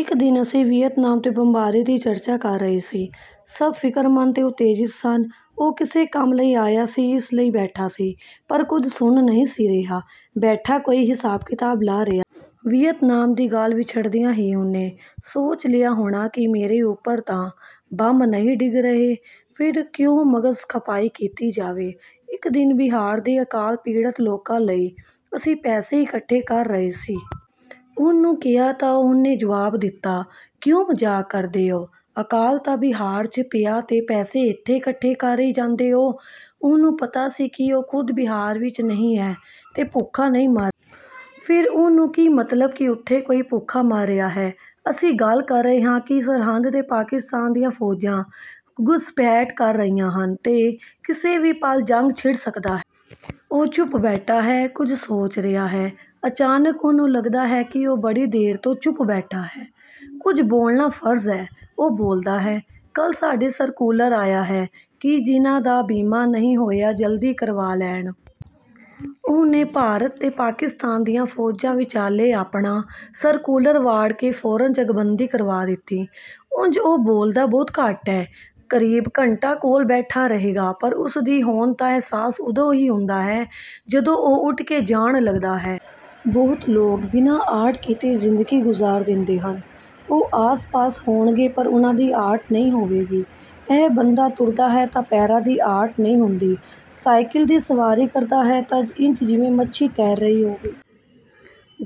ਇੱਕ ਦਿਨ ਅਸੀਂ ਵੀਅਤਨਾਮ 'ਤੇ ਬੰਬਾਰੀ ਦੀ ਚਰਚਾ ਕਰ ਰਹੇ ਸੀ। ਸਭ ਫਿਕਰਮੰਦ ਤੇ ਉਤੇਜਿਤ ਸਨ। ਉਹ ਕਿਸੇ ਕੰਮ ਲਈ ਆਇਆ ਸੀ, ਇਸ ਲਈ ਬੈਠਾ ਸੀ, ਪਰ ਕੁਝ ਸੁਣ ਨਹੀਂ ਸੀ ਰਿਹਾ। ਬੈਠਾ ਕੋਈ ਹਿਸਾਬ-ਕਿਤਾਬ ਲਾ ਰਿਹਾ ਸੀ। ਵੀਅਤਨਾਮ ਦੀ ਗੱਲ ਛਿੜਦਿਆਂ ਹੀ ਉਹਨੇ ਸੋਚ ਲਿਆ ਹੋਣਾ ਕਿ ਮੇਰੇ ਉੱਪਰ ਤਾਂ ਬੰਬ ਨਹੀਂ ਡਿੱਗ ਰਹੇ, ਫਿਰ ਕਿਉਂ ਮਗਜ਼ ਖਪਾਈ ਕੀਤੀ ਜਾਵੇ। ਇੱਕ ਦਿਨ ਬਿਹਾਰ ਦੇ ਅਕਾਲ ਪੀੜਤ ਲੋਕਾਂ ਲਈ ਅਸੀਂ ਪੈਸੇ ਇਕੱਠੇ ਕਰ ਰਹੇ ਸੀ। ਉਹਨੂੰ ਕਿਹਾ ਤਾਂ ਉਹਨੇ ਜਵਾਬ ਦਿੱਤਾ, "ਕਿਉਂ ਮਜ਼ਾਕ ਕਰਦੇ ਓ। ਅਕਾਲ ਤਾਂ ਬਿਹਾਰ 'ਚ ਪਿਆ ਤੇ ਪੈਸੇ ਇੱਥੇ ਇਕੱਠੇ ਕਰੀ ਜਾਂਦੇ ਓ।" ਉਹਨੂੰ ਪਤਾ ਸੀ ਕਿ ਉਹ ਖੁਦ ਬਿਹਾਰ ਵਿੱਚ ਨਹੀਂ ਹੈ ਤੇ ਭੁੱਖਾ ਨਹੀਂ ਮਰ ਰਿਹਾ। ਫਿਰ ਉਹਨੂੰ ਕੀ ਮਤਲਬ ਕਿ ਉੱਥੇ ਕੋਈ ਭੁੱਖਾ ਮਰ ਰਿਹਾ ਹੈ। ਅਸੀਂ ਗੱਲ ਕਰ ਰਹੇ ਹਾਂ ਕਿ ਸਰਹੱਦ 'ਤੇ ਪਾਕਿਸਤਾਨ ਦੀਆਂ ਫੌਜਾਂ ਘੁਸਪੈਠ ਕਰ ਰਹੀਆਂ ਹਨ ਤੇ ਕਿਸੇ ਵੀ ਪਲ ਜੰਗ ਛਿੜ ਸਕਦਾ ਹੈ। ਉਹ ਚੁੱਪ ਬੈਠਾ ਹੈ, ਕੁਝ ਸੋਚ ਰਿਹਾ ਹੈ। ਅਚਾਨਕ ਉਹਨੂੰ ਲਗਦਾ ਹੈ ਕਿ ਉਹ ਬੜੀ ਦੇਰ ਤੋਂ ਚੁੱਪ ਬੈਠਾ ਹੈ, ਕੁਝ ਬੋਲਣਾ ਫਰਜ਼ ਹੈ। ਉਹ ਬੋਲਦਾ ਹੈ, "ਕੱਲ ਸਾਡੇ ਸਰਕੂਲਰ ਆਇਆ ਹੈ ਕਿ ਜਿਹਨਾਂ ਦਾ ਬੀਮਾ ਨਹੀਂ ਹੋਇਆ ਜਲਦੀ ਕਰਵਾ ਲੈਣ।" ਉਹਨੇ ਭਾਰਤ ਤੇ ਪਾਕਿਸਤਾਨ ਦੀਆਂ ਫੌਜਾਂ ਵਿਚਾਲੇ ਆਪਣਾ ਸਰਕੂਲਰ ਵਾੜ ਕੇ ਫੌਰਨ ਜੰਗਬੰਦੀ ਕਰਵਾ ਦਿੱਤੀ। ਉਂਝ ਉਹ ਬੋਲਦਾ ਬਹੁਤ ਘੱਟ ਹੈ। ਕਰੀਬ ਘੰਟਾ ਕੋਲ ਬੈਠਾ ਰਹੇਗਾ, ਪਰ ਉਸਦੀ ਹੋਂਦ ਦਾ ਅਹਿਸਾਸ ਉਦੋਂ ਹੀ ਹੁੰਦਾ ਹੈ ਜਦੋਂ ਉਹ ਉੱਠ ਕੇ ਜਾਣ ਲਗਦਾ ਹੈ। ਬਹੁਤ ਲੋਕ ਬਿਨਾਂ ਆਹਟ ਕੀਤੇ ਜ਼ਿੰਦਗੀ ਗੁਜ਼ਾਰ ਦਿੰਦੇ ਹਨ। ਉਹ ਆਸ-ਪਾਸ ਹੋਣਗੇ, ਪਰ ਉਹਨਾਂ ਦੀ ਆਹਟ ਨਹੀਂ ਹੋਵੇਗੀ। ਇਹ ਬੰਦਾ ਤੁਰਦਾ ਹੈ ਤਾਂ ਪੈਰਾਂ ਦੀ ਆਹਟ ਨਹੀਂ ਹੁੰਦੀ। ਸਾਈਕਲ ਦੀ ਸਵਾਰੀ ਕਰਦਾ ਹੈ ਤਾਂ ਇੰਝ ਜਿਵੇਂ ਮੱਛੀ ਤੈਰ ਰਹੀ ਹੋਵੇ।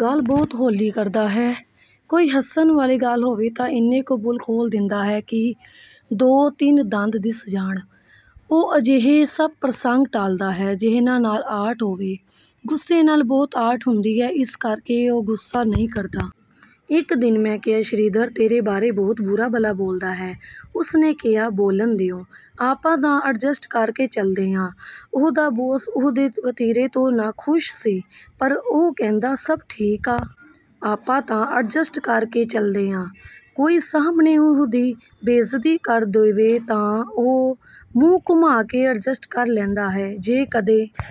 ਗੱਲ ਬਹੁਤ ਹੌਲੀ ਕਰਦਾ ਹੈ। ਕੋਈ ਹੱਸਣ ਵਾਲੀ ਗੱਲ ਹੋਵੇ ਤਾਂ ਇੰਨੇ ਕੁ ਬੁੱਲ੍ਹ ਖੋਲ੍ਹ ਦਿੰਦਾ ਹੈ ਕਿ ਦੋ-ਤਿੰਨ ਦੰਦ ਦਿਸ ਜਾਣ। ਉਹ ਅਜਿਹੇ ਸਭ ਪ੍ਰਸੰਗ ਟਾਲਦਾ ਹੈ ਜਿਹਨਾਂ ਨਾਲ ਆਹਟ ਹੋਵੇ। ਗੁੱਸੇ ਨਾਲ ਬਹੁਤ ਆਹਟ ਹੁੰਦੀ ਹੈ, ਇਸ ਕਰਕੇ ਉਹ ਗੁੱਸਾ ਨਹੀਂ ਕਰਦਾ। ਇੱਕ ਦਿਨ ਮੈਂ ਕਿਹਾ, "ਸ਼੍ਰੀਧਰ ਤੇਰੇ ਬਾਰੇ ਬਹੁਤ ਬੁਰਾ-ਭਲਾ ਬੋਲਦਾ ਹੈ।" ਉਸਨੇ ਕਿਹਾ, "ਬੋਲਣ ਦਿਓ। ਆਪਾਂ ਤਾਂ ਅਡਜਸਟ ਕਰਕੇ ਚਲਦੇ ਆਂ।" ਉਹਦਾ ਬੌਸ ਉਹਦੇ ਵਤੀਰੇ ਤੋਂ ਨਾਖੁਸ਼ ਸੀ। ਪਰ ਉਹ ਕਹਿੰਦਾ, "ਸਭ ਠੀਕ ਆ। ਆਪਾਂ ਤਾਂ ਅਡਜਸਟ ਕਰਕੇ ਚਲਦੇ ਆਂ।" ਕੋਈ ਸਾਹਮਣੇ ਉਹਦੀ ਬੇਇੱਜ਼ਤੀ ਕਰ ਦੇਵੇ ਤਾਂ ਉਹ ਮੂੰਹ ਘੁਮਾ ਕੇ ਅਡਜਸਟ ਕਰ ਲੈਂਦਾ ਹੈ। ਜੇ ਕਦੇ